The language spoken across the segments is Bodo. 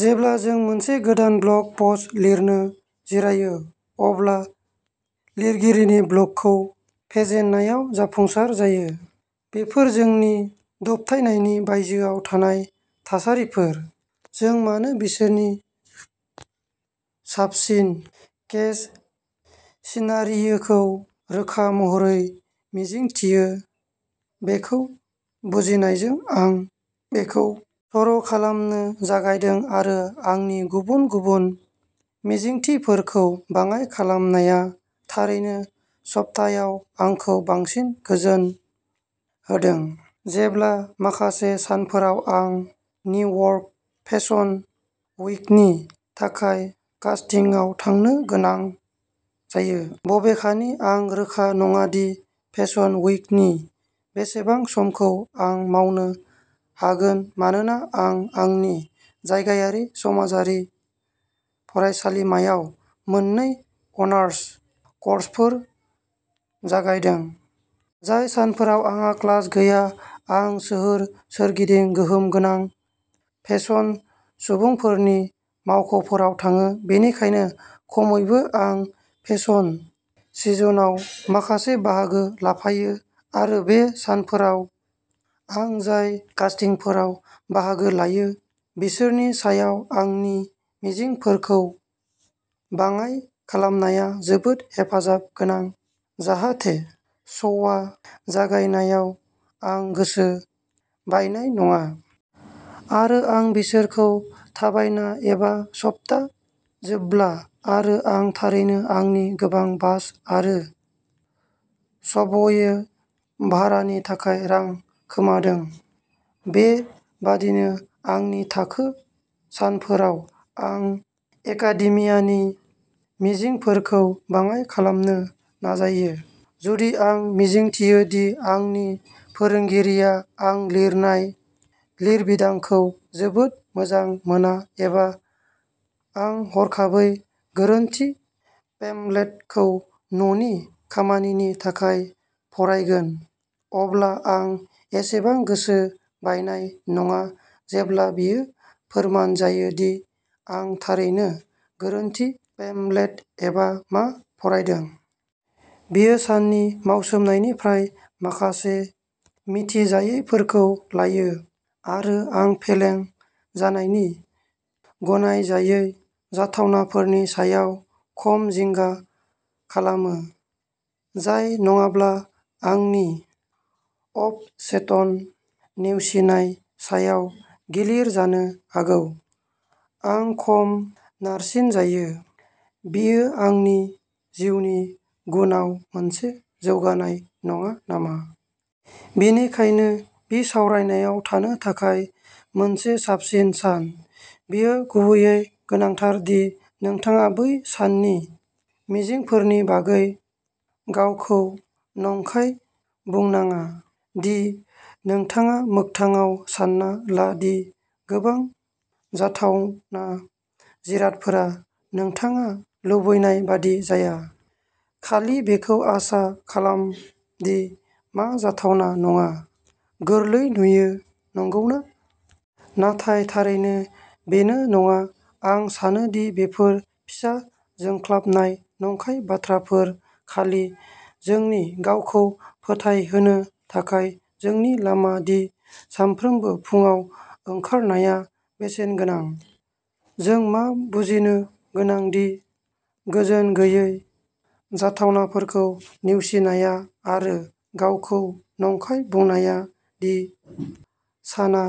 जेब्ला जों मोनसे गोदान ब्लग पस्ट लिरनो जिरायो अब्ला लिरगिरिनि ब्लकखौ फेजेननायाव जाफुंसार जायो। बेफोर जोंनि दबथायनायनि बायजोआव थानाय थासारिफोर जों मानो बिसोरनि साबसिन केस सिनारियोखौ रोखा महरै मिजिंथियो बेखौ बुजिनायजों, आं बेखौ सर'खालामनो जागायदों आरो आंनि गुबुन गुबुन मिजिंथिफोरखौ बाङाइ खालामनाया थारैनो सप्तायाव आंखौ बांसिन गोजोन होदों, जेब्ला माखासे सानफोराव आं निउयर्क फेसन वीकनि थाखाय कास्टिंआव थांनो गोनां जायो, बबेखानि आं रोखा नङा दि फेसन वीकनि बेसेबां समखौ आं मावनो हागोन मानोना आं आंनि जायगायारि समाजारि फरायसालिमायाव मोननै अनार्स कर्सफोर जागायदों। जाय सानफोराव आंहा क्लास गैया, आं सोहोर सोरगिदिं गोहोम गोनां फेसन सुबुंफोरनि मावख'फोराव थाङो, बेनिखायनो खमैबो आं फेसन सिजनआव माखासे बाहागो लाफायो आरो बे सानफोराव आं जाय कास्टिंफोराव बाहागो लायो, बिसोरनि सायाव आंनि मिजिंफोरखौ बाङाइ खालामनाया जोबोद हेफाजाब गोनां, जाहाथे श'आ जागायनायाव आं गोसो बायनाय नङा। आरो आं बिसोरखौ थाबायना एबा सप्ता जोबब्ला आरो आं थारैनो आंनि गोबां बास आरो सबवे भारानि थाखाय रां खोमादों। बे बादिनो आंनि थाखो सानफोराव आं एकाडेमियानि मिजिंफोरखौ बाङाइ खालामनो नाजायो। जुदि आं मिजिंथियो दि आंनि फोरोंगिरिआ आं लिरनाय लिरबिदांखौ जोबोद मोजां मोना एबा आं हरखाबै गोरोन्थि पेम्फलेटखौ न'नि खामानिनि थाखाय फरायगोन, अब्ला आं एसेबां गोसो बायनाय नङा जेब्ला बेयो फोरमान जायो दि आं थारैनो गोरोन्थि पेम्फलेट एबा मा फरायदों। बेयो साननि मावसोमनायनिफ्राय माखासे मिथिजायैफोरखौ लायो, आरो आं फेलें जानायनि गनायजायै जाथावनाफोरनि सायाव खम जिंगा खालामो जाय नङाब्ला आंनि अबचेतन, नेवसिनाय सायाव गिलिर जानो हागौ। आं खम नारसिनजायो। बेयो आंनि जिउनि गुनआव मोनसे जौगानाय नङा नामा? बेनिखायनो बिसावरायनायाव थानो थाखाय मोनसे साबसिन सान, बेयो गुबैयै गोनांथार दि नोंथाङा बै साननि मिजिंफोरनि बागै गावखौ नंखाय बुंनाङा, दि नोंथाङा मोगथाङाव सानना ला दि गोबां जाथावना जिरादफोरा नोंथाङा लुबैनाय बायदि जाया। खालि बेखौ आसा खालाम दि मा जाथावना नङा गोरलै नुयो, नंगौना? नाथाय थारैनो बेयो नङा आं सानो दि बेफोर फिसा जोंख्लाबनाय नंखाय बाथ्राफोर खालि जोंनि गावखौ फोथायहोनो थाखाय जोंनि लामा दि सानफ्रोमबो फुंआव ओंखारनाया बेसेनगोनां। जों मा बुजिनो गोनां दि गोजोनगैयै जाथावनाफोरखौ नेवसिनाया आरो गावखौ नंखाय बुंनाया दि साना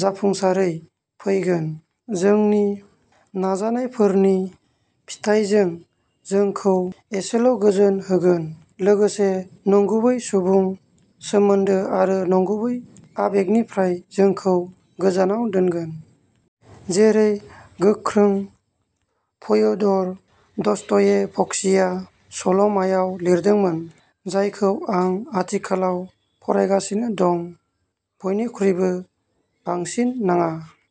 जाफुंसारै फैगोन, जोंनि नाजानायफोरनि फिथायजों जोंखौ एसेल'गोजोन होगोन, लोगोसे नंगुबै सुबुं सोमोनदो आरो नंगुबै आबेगनिफ्राय जोंखौ गोजानाव दोनगोन। जेरै गोख्रों फ्योदर दस्तयेभस्किआ सल'माआव लिरदोंमोन, जायखौ आं आथिखालाव फरायगासिनो दं बयनिख्रुइबो बांसिन नाङा।